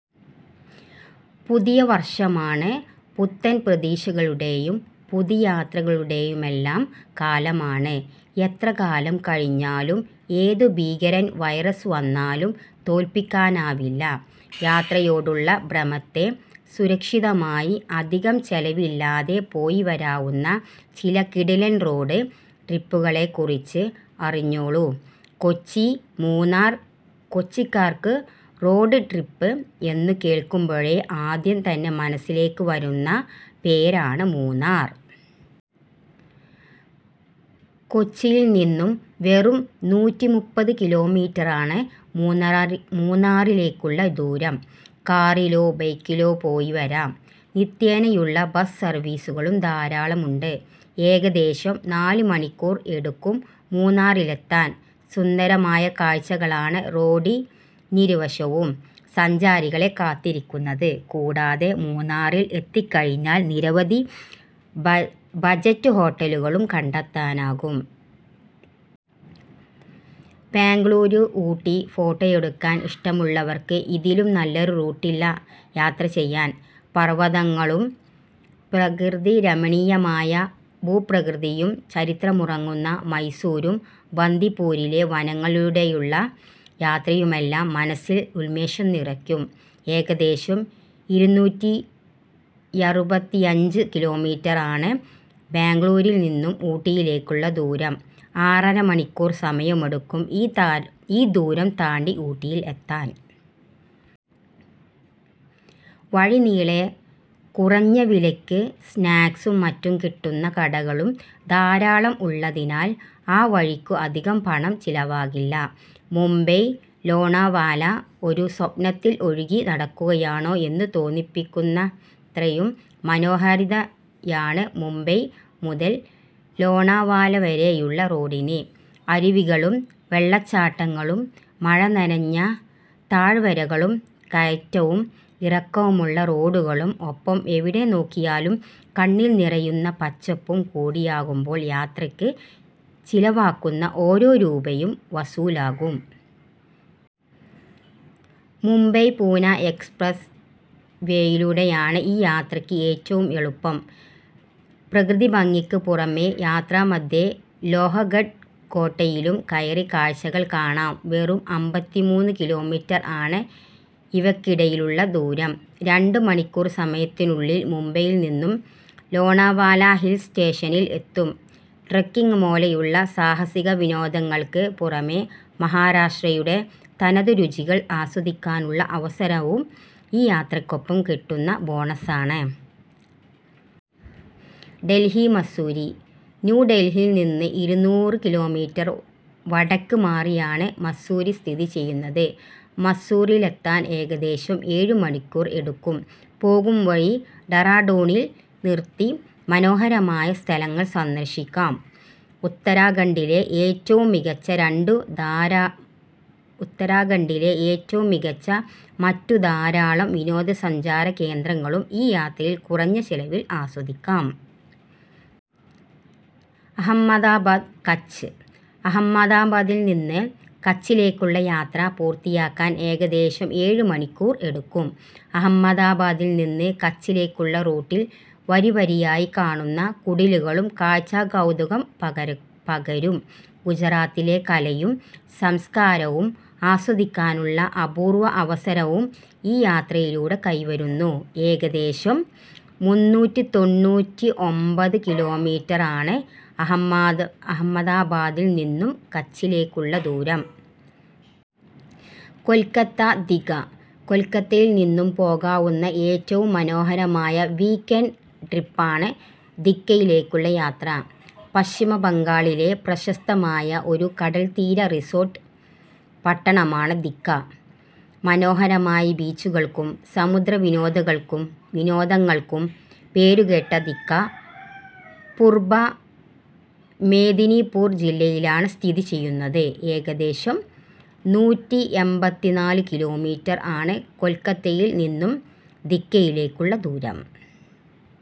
പുതിയ വര്‍ഷമാണ്. പുത്തന്‍ പ്രതീക്ഷകളുടെയും പുതിയ യാത്രകളുടെയുമെല്ലാം കാലമാണ്. എത്രകാലം കഴിഞ്ഞാലും ഏതു ഭീകരൻ വൈറസ് വന്നാലും തോല്‍പ്പിക്കാനാവില്ല, യാത്രയോടുള്ള ഭ്രമത്തെ. സുരക്ഷിതമായി അധികം ചെലവില്ലാതെ പോയിവരാവുന്ന ചില കിടിലന്‍ റോഡ് ട്രിപ്പുകളെക്കുറിച്ച് അറിഞ്ഞോളൂ. കൊച്ചി- മൂന്നാര്‍ കൊച്ചിക്കാർക്ക് റോഡ് ട്രിപ്പ് എന്നു കേള്‍ക്കുമ്പോഴേ ആദ്യം തന്നെ മനസ്സിലേക്ക് വരുന്ന പേരാണ് മൂന്നാര്‍. കൊച്ചിയില്‍ നിന്നും വെറും നൂറ്റിമൂപ്പത്ത് കിലോമീറ്ററാണ് മൂന്നാറിലേക്കുള്ള ദൂരം. കാറിലോ ബൈക്കിലോ പോയി വരാം, നിത്യേനയുള്ള ബസ് സര്‍വീസുകളും ധാരാളമുണ്ട്. ഏകദേശം നാല് മണിക്കൂർ എടുക്കും മൂന്നാറിലെത്താൻ. സുന്ദരമായ കാഴ്ചകളാണ് റോഡിനിരുവശവും സഞ്ചാരികളെ കാത്തിരിക്കുന്നത്. കൂടാതെ, മൂന്നാറില്‍ എത്തിക്കഴിഞ്ഞാൽ നിരവധി ബജറ്റ് ഹോട്ടലുകളും കണ്ടെത്താനാകും. ബെംഗളൂരു-ഊട്ടി ഫോട്ടോയെടുക്കാൻ ഇഷ്ടമുള്ളവർക്ക് ഇതിലും നല്ലൊരു റൂട്ടില്ല യാത്ര ചെയ്യാന്‍. പർവതങ്ങളും പ്രകൃതിരമണീയമായ ഭൂപ്രകൃതിയും ചരിത്രമുറങ്ങുന്ന മൈസൂരും ബന്ദിപ്പൂരിലെ വനങ്ങളിലൂടെയുള്ള യാത്രയുമെല്ലാം മനസ്സില്‍ ഉന്മേഷം നിറയ്ക്കും. ഏകദേശം ഇരുന്നൂറ്റിയറുപതിയഞ്ച് കിലോമീറ്റര്‍ ആണ് ബെംഗളൂരുവിൽ നിന്നും ഊട്ടിയിലേക്കുള്ള ദൂരം. ആറര മണിക്കൂര്‍ സമയമെടുക്കും ഈ ദൂരം താണ്ടി ഊട്ടിയില്‍ എത്താന്‍. വഴി നീളെ കുറഞ്ഞ വിലയ്ക്ക് സ്നാക്സും മറ്റും കിട്ടുന്ന കടകളും ധാരാളം ഉള്ളതിനാല്‍ ആ വഴിക്കും അധികം പണം ചിലവാകില്ല. മുംബൈ-ലോണാവാല ഒരു സ്വപ്നത്തില്‍ ഒഴുകി നടക്കുകയാണോ എന്നു തോന്നിപ്പിക്കുന്നത്രയും മനോഹാരിതയാണ് മുംബൈ മുതൽ ലോണാവാല വരെയുള്ള റോഡിന്. അരുവികളും വെള്ളച്ചാട്ടങ്ങളും മഴ നനഞ്ഞ താഴ്വരകളും കയറ്റവും ഇറക്കവുമുള്ള റോഡുകളും ഒപ്പം എവിടെ നോക്കിയാലും കണ്ണില്‍ നിറയുന്ന പച്ചപ്പും കൂടിയാടുമ്പോള്‍ യാത്രക്ക് ചിലവാകുന്ന ഓരോ രൂപയും വസൂലാകും. മുംബൈ-പൂനെ എക്സ്പ്രസ് വേയിലൂടെയാണ് ഈ യാത്രക്ക് ഏറ്റവും എളുപ്പം. പ്രകൃതിഭംഗിക്ക് പുറമേ യാത്രാമധ്യേ, ലോഹഗഡ് കോട്ടയിലും കയറി കാഴ്ചകള്‍ കാണാം. വെറും എമ്പത്തിമൂന്നു കിലോമീറ്റര്‍ ആണ് ഇവയ്ക്കിടയിലുള്ള ദൂരം. രണ്ടു മണിക്കൂര്‍ സമയത്തിനുള്ളിൽ മുംബൈയില്‍ നിന്നും ലോണാവാല ഹിൽ സ്റ്റേഷനിൽ എത്തും. ട്രെക്കിങ് പോലെയുള്ള സാഹസിക വിനോദങ്ങള്‍ക്ക് പുറമേ, മഹാരാഷ്ട്രയുടെ തനതു രുചികള്‍ ആസ്വദിക്കാനുള്ള അവസരവും ഈ യാത്രക്കൊപ്പം കിട്ടുന്ന ബോണസാണ്. ഡൽഹി-മസ്സൂറി ന്യൂ ഡൽഹിയിൽ നിന്ന് ഇരുനൂറ് കിലോമീറ്റർ വടക്ക് മാറിയാണ് മസ്സൂറി സ്ഥിതി ചെയ്യുന്നത്, മസ്സൂറിയിലെത്താൻ ഏകദേശം ഏഴ് മണിക്കൂർ എടുക്കും. പോകുംവഴി ഡെറാഡൂണിൽ നിർത്തി മനോഹരമായ സ്ഥലങ്ങള്‍ സന്ദര്‍ശിക്കാം. ഉത്തരാഖണ്ഡിലെ ഏറ്റവും മികച്ച മറ്റു ധാരാളം വിനോദസഞ്ചാര കേന്ദ്രങ്ങളും ഈ യാത്രയില്‍ കുറഞ്ഞ ചിലവില്‍ ആസ്വദിക്കാം. അഹമ്മദാബാദ്-കച്ച് അഹമ്മദാബാദിൽ നിന്ന് കച്ചിലേക്കുള്ള യാത്ര പൂർത്തിയാക്കാൻ ഏകദേശം ഏഴ് മണിക്കൂർ എടുക്കും. അഹമ്മദാബാദിൽ നിന്ന് കച്ചിലേക്കുള്ള റൂട്ടിൽ വരിവരിയായി കാണുന്ന കുടിലുകളുടെ കാഴ്ച കൗതുകം പകരും. ഗുജറാത്തിന്‍റെ കലയും സംസ്കാരവും ആസ്വദിക്കാനുള്ള അപൂര്‍വ്വ അവസരവും ഈ യാത്രയിലൂടെ കൈവരുന്നു. ഏകദേശം മുന്നൂറ്റിതൊണ്ണൂറ്റിഒമ്പത് കിലോമീറ്റര്‍ ആണ് അഹമ്മദാബാദിൽ നിന്നും കച്ചിലേക്കുള്ള ദൂരം. കൊൽക്കത്ത ദിഘ കൊൽക്കത്തയിൽ നിന്നും പോകാനാവുന്ന ഏറ്റവും മനോഹരമായ വീക്കെൻഡ് ട്രിപ്പാണ് ദിഘയിലേക്കുള്ള യാത്ര. പശ്ചിമബംഗാളിലെ പ്രശസ്തമായ ഒരു കടൽത്തീര റിസോർട്ട് പട്ടണമാണ് ദിഘ. മനോഹരമായ ബീച്ചുകള്‍ക്കും സമുദ്രവിനോദങ്ങൾക്കും പേരുകേട്ട ദിഘ, പുർബ മേദിനിപൂർ ജില്ലയിലാണ് സ്ഥിതി ചെയ്യുന്നത്. ഏകദേശം നൂറ്റിഎമ്പതിനാല് കിലോമീറ്റർ ആണ് കൊല്‍ക്കത്തയില്‍ നിന്നും ദിഘയിലേക്കുള്ള ദൂരം.